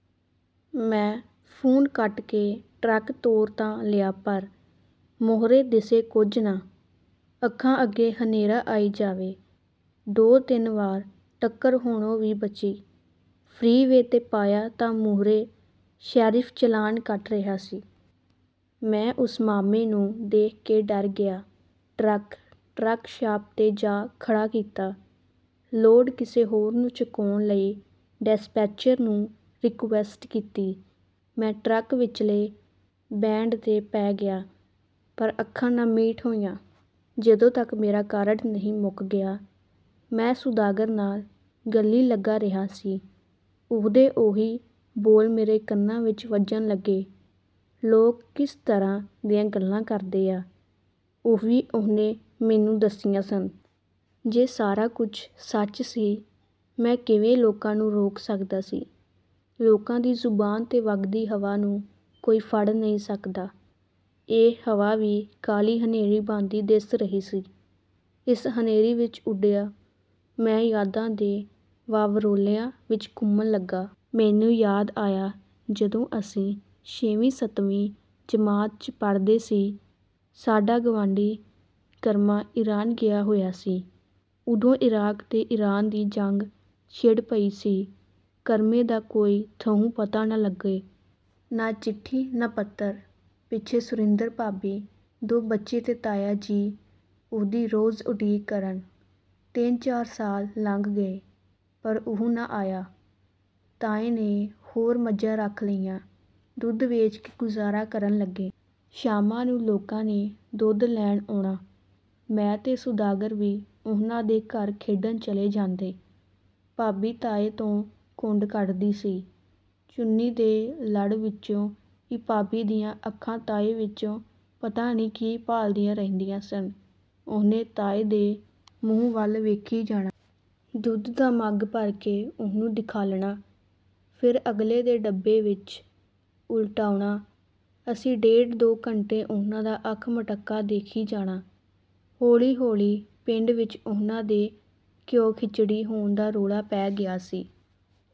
" ਮੈਂ ਫੋਨ ਕੱਟ ਕੇ ਟਰੱਕ ਤੋਰ ਤਾਂ ਲਿਆ ਪਰ ਮੋਹਰੇ ਦਿਸੇ ਕੁਝ ਨਾ। ਅੱਖਾਂ ਅੱਗੇ ਹਨੇਰਾ ਆਈ ਜਾਵੇ। ਦੋ-ਤਿੰਨ ਵਾਰ ਟੱਕਰ ਹੋਣੋਂ ਵੀ ਬਚੀ। ਫਰੀਵੇਅ 'ਤੇ ਪਾਇਆ ਤਾਂ ਮੂਹਰੇ ਸ਼ੈਰਿਫ਼ ਚਲਾਣ ਕੱਟ ਰਿਹਾ ਸੀ। ਮੈਂ ਉਸ 'ਮਾਮੇ' ਨੂੰ ਦੇਖ ਕੇ ਡਰ ਗਿਆ। ਟਰੱਕ, ਟਰੱਕ ਸ਼ਾਪ 'ਤੇ ਜਾ ਖੜ੍ਹਾ ਕੀਤਾ। ਲੋਡ ਕਿਸੇ ਹੋਰ ਨੂੰ ਚੁਕਾਉਣ ਲਈ ਡੈਸਪੈਚਰ ਨੂੰ ਰੀਕੁਐਸਟ ਕੀਤੀ। ਮੈਂ ਟਰੱਕ ਵਿਚਲੇ ਬੈਂਡ 'ਤੇ ਪੈ ਗਿਆ। ਪਰ ਅੱਖਾਂ ਨਾ ਮੀਟ ਹੋਈਆਂ। ਜਦੋਂ ਤੱਕ ਮੇਰਾ ਕਾਰਡ ਨਹੀਂ ਮੁੱਕ ਗਿਆ, ਮੈਂ ਸੁਦਾਗਰ ਨਾਲ਼ ਗੱਲੀਂ ਲੱਗਾ ਰਿਹਾ ਸੀ। ਉਹਦੇ ਉਹੀ ਬੋਲ ਮੇਰੇ ਕੰਨਾਂ ਵਿੱਚ ਵੱਜਣ ਲੱਗੇ। ਲੋਕ ਕਿਸ ਤਰ੍ਹਾਂ ਦੀਆਂ ਗੱਲਾਂ ਕਰਦੇ ਆ। ਉਹ ਵੀ ਉਹਨੇ ਮੈਨੂੰ ਦੱਸੀਆਂ ਸਨ। ਜੇ ਸਾਰਾ ਕੁਝ ਸੱਚ ਸੀ, ਮੈਂ ਕਿਵੇਂ ਲੋਕਾਂ ਨੂੰ ਰੋਕ ਸਕਦਾ ਸੀ? ਲੋਕਾਂ ਦੀ ਜ਼ੁਬਾਨ ਤੇ ਵਗਦੀ ਹਵਾ ਨੂੰ ਕੋਈ ਫੜ ਨਹੀਂ ਸਕਦਾ। ਇਹ ਹਵਾ ਵੀ ਕਾਲ਼ੀ ਹਨੇਰੀ ਬਣਦੀ ਦਿਸ ਰਹੀ ਸੀ। ਇਸ ਹਨੇਰੀ ਵਿੱਚ ਉੱਡਿਆ, ਮੈਂ ਯਾਦਾਂ ਦੇ ਵਾਵਰੋਲ਼ਿਆਂ ਵਿੱਚ ਘੁੰਮਣ ਲੱਗਾ। ਮੈਨੂੰ ਯਾਦ ਆਇਆ ਜਦੋਂ ਅਸੀਂ ਛੇਵੀਂ-ਸੱਤਵੀਂ ਜਮਾਤ 'ਚ ਪੜ੍ਹਦੇ ਸੀ, ਸਾਡਾ ਗੁਆਂਢੀ ਕਰਮਾ ਇਰਾਨ ਗਿਆ ਹੋਇਆ ਸੀ। ਉਦੋਂ ਇਰਾਕ ਤੇ ਇਰਾਨ ਦੀ ਜੰਗ ਛਿੜ ਪਈ ਸੀ। ਕਰਮੇ ਦਾ ਕੋਈ ਥਹੁ ਪਤਾ ਨਾ ਲੱਗੇ। ਨਾ ਚਿੱਠੀ ਨਾ ਪੱਤਰ. ਪਿੱਛੇ ਸੁਰਿੰਦਰ ਭਾਬੀ, ਦੋ ਬੱਚੇ ਤੇ ਤਾਇਆ ਜੀ ਉਹਦੀ ਰੋਜ਼ ਉਡੀਕ ਕਰਨ। ਤਿੰਨ-ਚਾਰ ਸਾਲ ਲੰਘ ਗਏ ਪਰ ਉਹ ਨਾ ਆਇਆ। ਤਾਏ ਨੇ ਹੋਰ ਮੱਝਾਂ ਰੱਖ ਲਈਆਂ। ਦੁੱਧ ਵੇਚ ਕੇ ਗੁਜ਼ਾਰਾ ਕਰਨ ਲੱਗੇ। ਸ਼ਾਮਾਂ ਨੂੰ ਲੋਕਾਂ ਨੇ ਦੁੱਧ ਲੈਣ ਆਉਣਾ। ਮੈਂ ਤੇ ਸੁਦਾਗਰ ਵੀ ਉਹਨਾਂ ਦੇ ਘਰ ਖੇਡਣ ਚਲੇ ਜਾਂਦੇ। ਭਾਬੀ ਤਾਏ ਤੋਂ ਘੁੰਡ ਕੱਢਦੀ ਸੀ। ਚੁੰਨੀਂ ਦੇ ਲੜ ਵਿੱਚੋਂ ਈ ਭਾਬੀ ਦੀਆਂ ਅੱਖਾਂ ਤਾਏ ਵਿੱਚੋਂ ਪਤਾ ਨ੍ਹੀਂ ਕੀ ਭਾਲ਼ਦੀਆਂ ਰਹਿੰਦੀਆਂ ਸਨ, ਉਹਨੇ ਤਾਏ ਦੇ ਮੂੰਹ ਵੱਲ ਵੇਖੀ ਜਾਣਾ। ਦੁੱਧ ਦਾ ਮਘ ਭਰ ਕੇ ਉਹਨੂੰ ਦਿਖਾਲਣਾ। ਫਿਰ ਅਗਲੇ ਦੇ ਡੱਬੇ ਵਿੱਚ ਉਲਟਾਉਣਾ। ਅਸੀਂ ਡੇਢ ਦੋ ਘੰਟੇ ਉਹਨਾਂ ਦਾ ਅੱਖ ਮਟਕਾ ਦੇਖੀ ਜਾਣਾਂ। ਹੌਲ਼ੀ-ਹੌਲ਼ੀ ਪਿੰਡ ਵਿੱਚ ਉਨ੍ਹਾਂ ਦੇ ਘਿਓ-ਖਿਚੜੀ ਹੋਣ ਦਾ ਰੌਲ਼ਾ ਪੈ ਗਿਆ ਸੀ।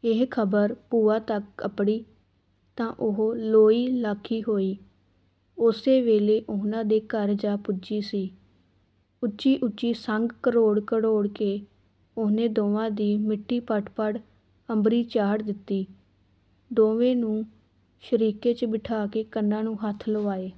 ਇਹ ਖ਼ਬਰ ਭੂਆ ਤੱਕ ਅੱਪੜੀ ਤਾਂ ਉਹ ਲੋਹੀ ਲਾਖੀ ਹੋਈ, ਉਸੇ ਵੇਲ਼ੇ ਉਨ੍ਹਾਂ ਦੇ ਘਰ ਜਾ ਪੁੱਜੀ ਸੀ। ਉੱਚੀ-ਉੱਚੀ ਸੰਘ ਘਰੋੜ-ਘਰੋੜ ਕੇ ਉਹਨੇ ਦੋਵਾਂ ਦੀ ਮਿੱਟੀ ਪੱਟ-ਪੱਟ ਅੰਬਰੀਂ ਚਾੜ੍ਹ ਦਿੱਤੀ। ਦੋਵੇਂ ਨੂੰ ਸ਼ਰੀਕੇ 'ਚ ਬਿਠਾ ਕੇ ਕੰਨਾਂ ਨੂੰ ਹੱਥ ਲੁਆਏ।